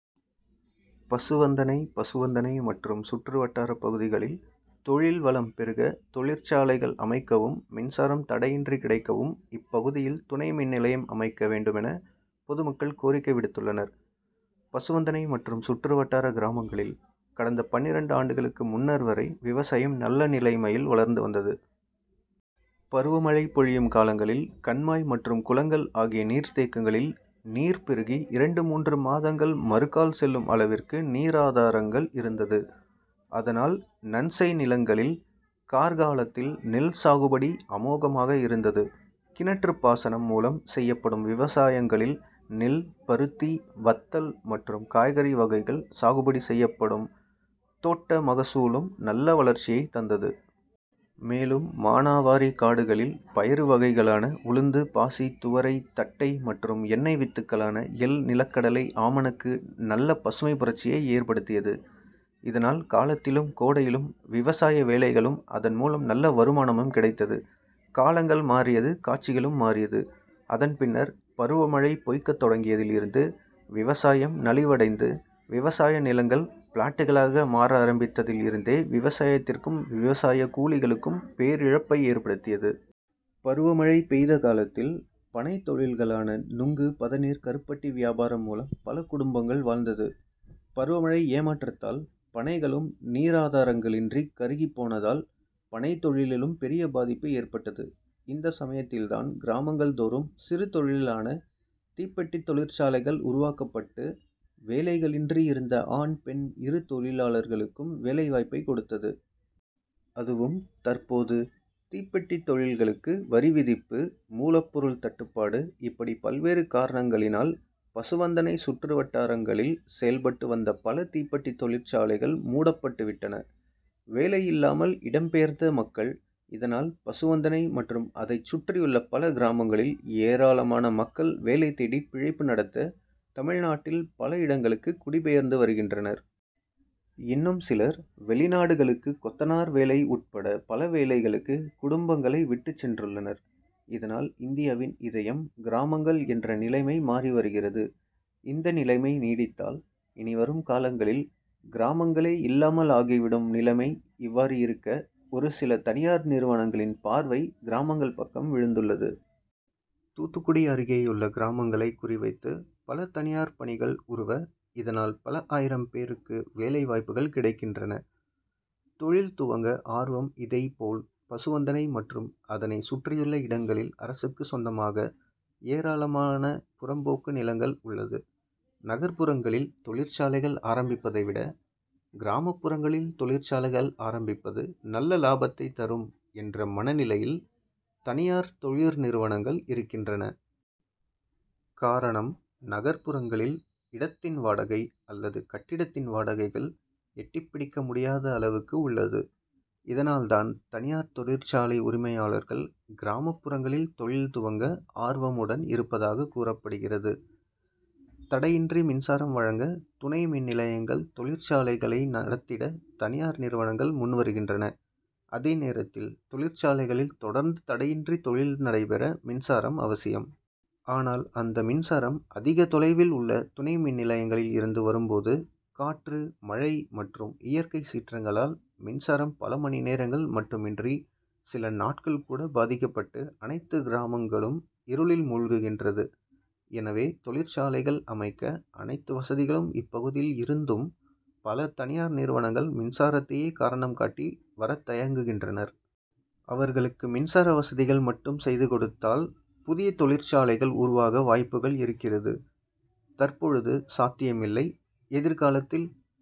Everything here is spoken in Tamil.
பசுவந்தனை பசுவந்தனை மற்றும் சுற்று வட்டார பகுதிகளில் தொழில் வளம் பெருக தொழிற்சாலைகள் அமைக்கவும் மின்சாரம் தடையின்றி கிடைக்கவும் இப்பகுதியில் துணை மின்நிலையம் அமைக்க வேண்டுமென பொதுமக்கள் கோரிக்கை விடுத்துள்ளனர். பசுவந்தனை மற்றும் சுற்று வட்டார கிராமங்களில் கடந்த பன்னிரண்டு ஆண்டுகளுக்கு முன்னர் வரை விவசாயம் நல்ல நிலைமையில் வளர்ந்து வந்தது. பருவமழை பொழியும் காலங்களில் கண்மாய் மற்றும் குளங்கள் ஆகிய நீர்த்தேக்கங்களில் நீர் பெருகி இரண்டு மூன்று மாதங்கள் மறுகால் செல்லும் அளவிற்கு நீராதாரங்கள் இருந்தது. அதனால் நன்செய் நிலங்களில் கார் காலத்தில் நெல் சாகுபடி அமோகமாக இருந்தது. கிணற்று பாசனம் மூலம் செய்யப்படும் விவசாயங்களில் நெல், பருத்தி, வத்தல் மற்றும் காய்கறி வகைகள் சாகுபடி செய்யப்படும் தோட்ட மகசூலும் நல்ல வளர்ச்சியை தந்தது. மேலும் மானாவாரி காடுகளில் பயறு வகைகளான உளுந்து, பாசி, துவரை, தட்டை மற்றும் எண்ணெய் வித்துக்களான எள், நிலக்கடலை, ஆமணக்கு நல்ல பசுமை புரட்சியை ஏற்படுத்தியது. இதனால் காலத்திலும் கோடையிலும் விவசாய வேலைகளும் அதன் மூலம் நல்ல வருமானமும் கிடைத்தது. காலங்கள் மாறியது காட்சிகளும் மாறியது அதன் பின்னர் பருவமழை பொய்க்க தொடங்கியதில் இருந்து விவசாயம் நலிவடைந்து விவசாய நிலங்கள் பிளாட்டுகளாக மாற ஆரம்பித்ததில் இருந்தே விவசாயத்திற்கும் விவசாய கூலிகளுக்கும் பேரிழப்பை ஏற்படுத்தியது. பருவமழை பெய்த காலத்தில் பனை தொழில்களான நுங்கு பதநீர், கருப்பட்டி வியாபாரம் மூலம் பல குடும்பங்கள் வாழ்ந்தது. பருவமழை ஏமாற்றத்தால் பனைகளும் நீராதாரங்களின்றி கருகி போனதால் பனை தொழிலிலும் பெரிய பாதிப்பு ஏற்பட்டது. இந்த சமயத்தில்தான் கிராமங்கள் தோறும் சிறு தொழிலான தீப்பெட்டி தொழிற்சாலைகள் உருவாக்கப்பட்டு வேலைகளின்றி இருந்த ஆண் பெண் இரு தொழிலாளர்களுக்கும் வேலைவாய்ப்பை கொடுத்தது. அதுவும் தற்போது தீப்பெட்டி தொழில்களுக்கு வரி விதிப்பு, மூலப்பொருள் தட்டுப்பாடு இப்படி பல்வேறு காரணங்களினால் பசுவந்தனை சுற்றுவட்டாரங்களில் செயல்பட்டு வந்து பல தீப்பெட்டி தொழிற்சாலைகள் மூடப்பட்டு விட்டன. வேலை இல்லாமல் இடம் பெயர்ந்த மக்கள் இதனால் பசுவந்தனை மற்றும் அதை சுற்றியுள்ள பல கிராமங்களில் ஏராளமான மக்கள் வேலை தேடி பிழைப்பு நடத்த தமிழ்நாட்டில் பல இடங்களுக்கு குடிபெயர்ந்து வருகின்றனர். இன்னும் சிலர் வெளிநாடுகளுக்கு கொத்தனார் வேலை உட்பட பலவேலைகளுக்கு குடும்பங்களை விட்டு சென்றுள்ளனர். இதனால் இந்தியாவின் இதயம் கிராமங்கள் என்ற நிலைமை மாறி வருகிறது. இந்த நிலமை நீடித்தால் இனிவரும் காலங்களில் கிராம ங்களே இல்லாமல் ஆகிவிடும். நிலமை இவ்வாறு இருக்க, ஒரு சில தனியார் நிறுவனங்களின் பார்வை கிராமங்கள் பக்கம் விழுந்துள்ளது. தூத்துக்குடி அருகேயுள்ள கிராமங்களை குறிவைத்து பல தனியார் பனிகள் உருவ. இதனால் பல ஆயிரம் பேருக்கு வேலை வாய்ப்புகள் கிடைக்கின்றன. தொழில் துவங்க ஆர்வம்இதைப்போல் பசுவந்தனை மற்றும் அதனை சுற்றியுள்ள இடங்களில் அரசுக்கு சொந்தமாக ஏராளமான புறம்போக்கு நிலங்கள் உள்ளது. நகர்ப்புறங்களில் தொழிற் சாலைகள் ஆரம்பிப்பதை விட கிராமப்புறங்களில் தொழி ற்சாலைகள் ஆரம்பிப்பது நல்ல லாபத்தை தரும் என்ற மன நிலையில் தனியார் தொழிற்நிறுவனங்கள் இருக் கின்றன. காரணம் நகர்ப்புறங்களில் இடத்தின் வாடகை, அல்லது கட்டிடத்தின் வாடகைகள் எட்டிப்பிடிக்கமுடியாத அளவுக்கு உள்ளது. இதனால்தான் தனியார் தொழிற்சாலை உரிமையாளர்கள் கிராமப்புறங்களில் தொழில்துவங்க ஆர்வமுடன் இருப்பதாக கூறப்படுகிறது. தடையின்றி மின்சாரம் வழங்க துணை மின்நிலையங்கள்தொழிற்சாலைகளை நடத்திட தனியார் நிறுவனங்கள் முன் வருகின்ற அதே நேரத்தில் தொழிற்சாலைகளில் தொடர்ந்து தடையின்றி தொழில் நடைபெற மின்சாரம் அவசியம். ஆனால் அந்த மின்சாரம் அதிக தொலைவில் உள்ள துணை மின்நிலையங்களில் இருந்து வரும்போது காற்று மழை மற்றும் இயற்கை சீற்றங்களால் மின்சாரம் பல மணி நேரங்கள் மட்டுமின்றி சில நாட்கள் கூட பாதிக்கப்பட்டு அனைத்து கிராமங்களும் இருளில் மூழ்குகின்றது. எனவே தொழிற்சாலைகள் அமை க்க அனைத்து வசதிகளும் இப்பகுதியில் இருந்தும் பல தனியார் நிறுவனங்கள் மின்சாரத்தையே காரணம் காட்டி வர தயங்குகின்றனர். அவர்களுக்கு மின்சார வசதிகள் மட்டும் செய்துகொடுத்தால் புதிய தொழிற்சாலைகள் உருவாக வாய்ப்புகள் இருக்கிறது. தற்பொழுது சாத்தியமில்லை.. எதிர்காலத்தில்..!